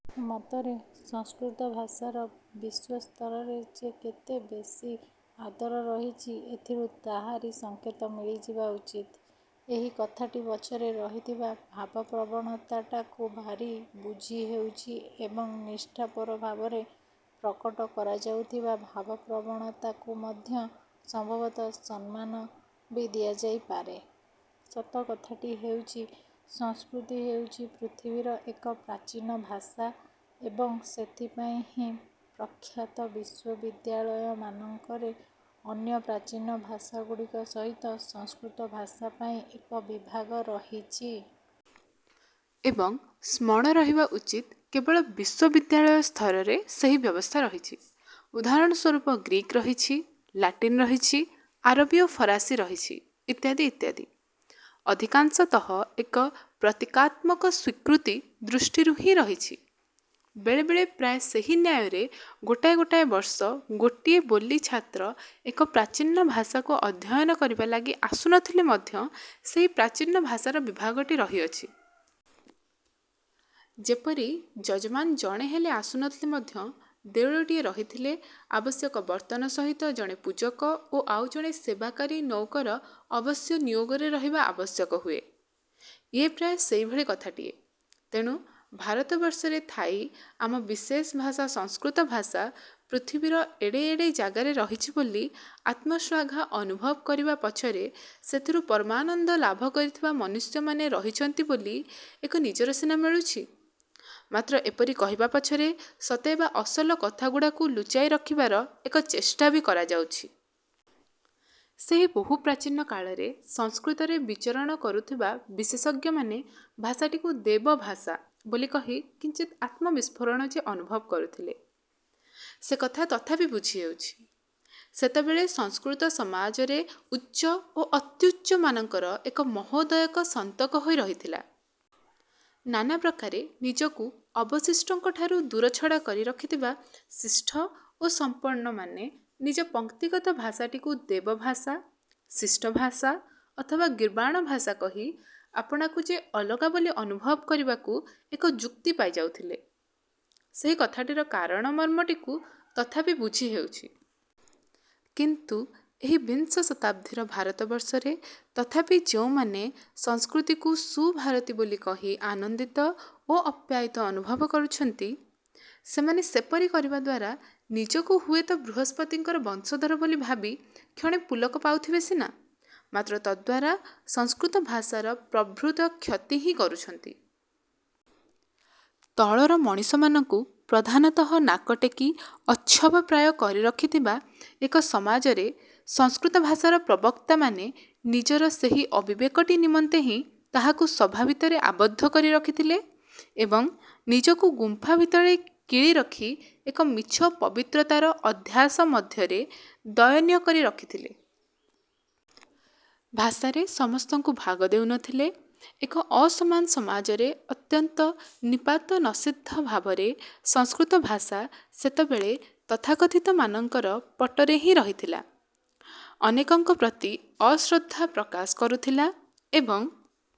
ମତରେ, ସଂସ୍କୃତ ଭାଷାର ବିଶ୍ୱସ୍ତରରେ ଯେ କେତେବେଶୀ ଆଦର ରହିଛି, ଏଥିରୁ ତାହାରି ସଙ୍କେତ ମିଳିଯିବା ଉଚିତ। ଏହି କଥାଟି ପଛରେ ରହିଥିବା ଭାବପ୍ରବଣତାଟାକୁ ଭାରି ବୁଝି ହେଉଛି ଏବଂ ନିଷ୍ଠାପର ଭାବରେ ପ୍ରକଟ କରାଯାଉଥିବା ଭାବପ୍ରବଣତାକୁ ମଧ୍ୟ ସମ୍ଭବତଃ ସମ୍ମାନ ବି ଦିଆଯାଇପାରେ। ସତ କଥାଟି ହେଉଛି, ସଂସ୍କୃତି ହେଉଛି ପୃଥିବୀର ଏକ ପ୍ରାଚୀନ ଭାଷା ଏବଂ, ସେଥିପାଇଁ ହିଁ ପ୍ରଖ୍ୟାତ ବିଶ୍ୱବିଦ୍ୟାଳୟ ମାନଙ୍କରେ ଅନ୍ୟ ପ୍ରାଚୀନ ଭାଷାଗୁଡ଼ିକ ସହିତ ସଂସ୍କୃତ ଭାଷା ପାଇଁ ଏକ ବିଭାଗ ରହିଛି। ଏବଂ, ସ୍ମରଣ ରହିବା ଉଚିତ, କେବଳ ବିଶ୍ଵବିଦ୍ୟାଳୟ ସ୍ତରରେ ସେହି ବ୍ୟବସ୍ଥା ରହିଛି। ଉଦାହରଣ ସ୍ଵରୂପ, ଗ୍ରୀକ୍ ରହିଛି, ଲାଟିନ୍ ରହିଛି, ଆରବୀ ଓ ଫରାସୀ ରହିଛି, ଇତ୍ୟାଦି, ଇତ୍ୟାଦି। ଅଧିକାଂଶତଃ ଏକ ପ୍ରତୀକାତ୍ମକ ସ୍ୱୀକୃତି ଦୃଷ୍ଟିରୁ ହିଁ ରହିଛି। ବେଳେ ବେଳେ, ପ୍ରାୟ ସେହି ନ୍ୟାୟରେ, ଗୋଟାଏ ଗୋଟାଏ ବର୍ଷ ଗୋଟିଏ ବୋଲି ଛାତ୍ର ଏକ ପ୍ରାଚୀନ ଭାଷାକୁ ଅଧ୍ୟୟନ କରିବା ଲାଗି ଆସୁନଥିଲେ ମଧ୍ୟ ସେହି ପ୍ରାଚୀନ ଭାଷାର ବିଭାଗଟି ରହିଛି। ଯେପରି, ଯଜମାନ ଜଣେ ହେଲେ ଆସୁନଥିଲେ ମଧ୍ୟ ଦେଉଳଟିଏ ରହିଥିଲେ ଆବଶ୍ୟକ ବର୍ତ୍ତନ ସହିତ ଜଣେ ପୂଜକ ଓ ଆଉ ଜଣେ ସେବାକାରୀ ନଉକର ଅବଶ୍ୟ ନିୟୋଗରେ ରହିବା ଆବଶ୍ୟକ ହୁଏ, ଇଏ ପ୍ରାୟ ସେହିଭଳି କଥାଟିଏ। ତେଣୁ, ଭାରତବର୍ଷରେ ଥାଇ ଆମ ବିଶେଷ ଭାଷା ସଂସ୍କୃତ ଭାଷା ପୃଥିବୀର ଏଡ଼େ ଏଡ଼େ ଜାଗାରେ ରହିଛି ବୋଲି ଆତ୍ମଶ୍ଳାଘା ଅନୁଭବ କରିବା ପଛରେ ସେଥିରୁ ପରମାନନ୍ଦ ଲାଭ କରିଥିବା ମନୁଷ୍ୟମାନେ ରହିଛନ୍ତି ବୋଲି ଏକ ନଜିର ସିନା ମିଳୁଛି, ମାତ୍ର ଏପରି କହିବା ପଛରେ ସତେ ଅବା ଅସଲ କଥାଗୁଡ଼ାକୁ ଲୁଚାଇ ରଖିବାର ଏକ ଚେଷ୍ଟା ବି କରାଯାଉଛି। ସେହି ବହୁ ପ୍ରାଚୀନ କାଳରେ ସଂସ୍କୃତରେ ବିଚରଣ କରୁଥିବା ବିଶେଷଜ୍ଞମାନେ ଭାଷାଟିକୁ ଦେବଭାଷା ବୋଲି କହି କିଞ୍ଚିତ୍ ଆତ୍ମବିସ୍ଫୋରଣ ଯେ ଅନୁଭବ କରୁଥିଲେ, ସେ କଥା ତଥାପି ବୁଝି ହେଉଛି। ସେତେବେଳେ ସଂସ୍କୃତ ସମାଜରେ ଉଚ୍ଚ ଓ ଅତ୍ୟୁଚ୍ଚମାନଙ୍କର ଏକ ମୋହଦାୟକ ସନ୍ତକ ହୋଇ ରହିଥିଲା। ନାନା ପ୍ରକାରେ ନିଜକୁ ଅବଶିଷ୍ଟଙ୍କଠାରୁ ଦୂରଛଡ଼ା କରି ରଖିଥିବା ଶିଷ୍ଟ ଓ ସମ୍ପନ୍ନମାନେ ନିଜ ପଂକ୍ତିଗତ ଭାଷାଟିକୁ ଦେବଭାଷା, ଶିଷ୍ଟ ଭାଷା ଅଥବା ଗୀର୍ବାଣ ଭାଷା କହି ଆପଣାକୁ ଯେ ଅଲଗା ବୋଲି ଅନୁଭବ କରିବାକୁ ଏକ ଯୁକ୍ତି ପାଇ ଯାଉଥିଲେ, ସେହି କଥାଟିର କାରଣ- ମର୍ମଟିକୁ ତଥାପି ବୁଝି ହେଉଛି। କିନ୍ତୁ, ଏହି ବିଂଶ ଶତାବ୍ଦୀର ଭାରତବର୍ଷରେ ତଥାପି ଯେଉଁମାନେ ସଂସ୍କୃତିକୁ ସୁରଭାରତୀ ବୋଲି କହି ଆନନ୍ଦିତ ଓ ଆପ୍ୟାୟିତ ଅନୁଭବ କରୁଛନ୍ତି, ସେମାନେ ସେପରି କରିବା ଦ୍ଵାରା ନିଜକୁ ହୁଏତ ବୃହସ୍ପତିଙ୍କର ବଂଶଧର ବୋଲି ଭାବି କ୍ଷଣେ ପୁଲକ ପାଉଥିବେ ସିନା, ମାତ୍ର ତଦ୍ଦ୍ୱାରା ସଂସ୍କୃତ ଭାଷାର ପ୍ରଭୂତ କ୍ଷତି ହିଁ କରୁଛନ୍ତି। ତଳର ମଣିଷମାନଙ୍କୁ ପ୍ରଧାନତଃ ନାକଟେକି ଅଚ୍ଛବ ପ୍ରାୟ କରି ରଖିଥିବା ଏକ ସମାଜରେ ସଂସ୍କୃତ ଭାଷାର ପ୍ରବକ୍ତାମାନେ ନିଜର ସେହି ଅବିବେକଟି ନିମନ୍ତେ ହିଁ ତାହାକୁ ସଭା ଭିତରେ ଆବଦ୍ଧ କରି ରଖିଥିଲେ ଏବଂ ନିଜକୁ ଗୁମ୍ଫା ଭିତରେ କିଳି ରଖି ଏକ ମିଛ ପବିତ୍ରତାର ଅଧ୍ୟାସ ମଧ୍ୟରେ ଦୟନୀୟ କରି ରଖିଥିଲେ। ଭାଷାରେ ସମସ୍ତଙ୍କୁ ଭାଗ ଦେଉନଥିଲେ। ଏକ ଅସମାନ ସମାଜରେ ଅତ୍ୟନ୍ତ ନିପାତନସିଦ୍ଧ ଭାବରେ ସଂସ୍କୃତ ଭାଷା ସେତେବେଳେ ତଥାକଥିତ ମାନଙ୍କର ପଟରେ ହିଁ ରହିଥିଲା,- ଅନେକଙ୍କ ପ୍ରତି ଅଶ୍ରଦ୍ଧା ପ୍ରକାଶ କରୁଥିଲା। ଏବଂ,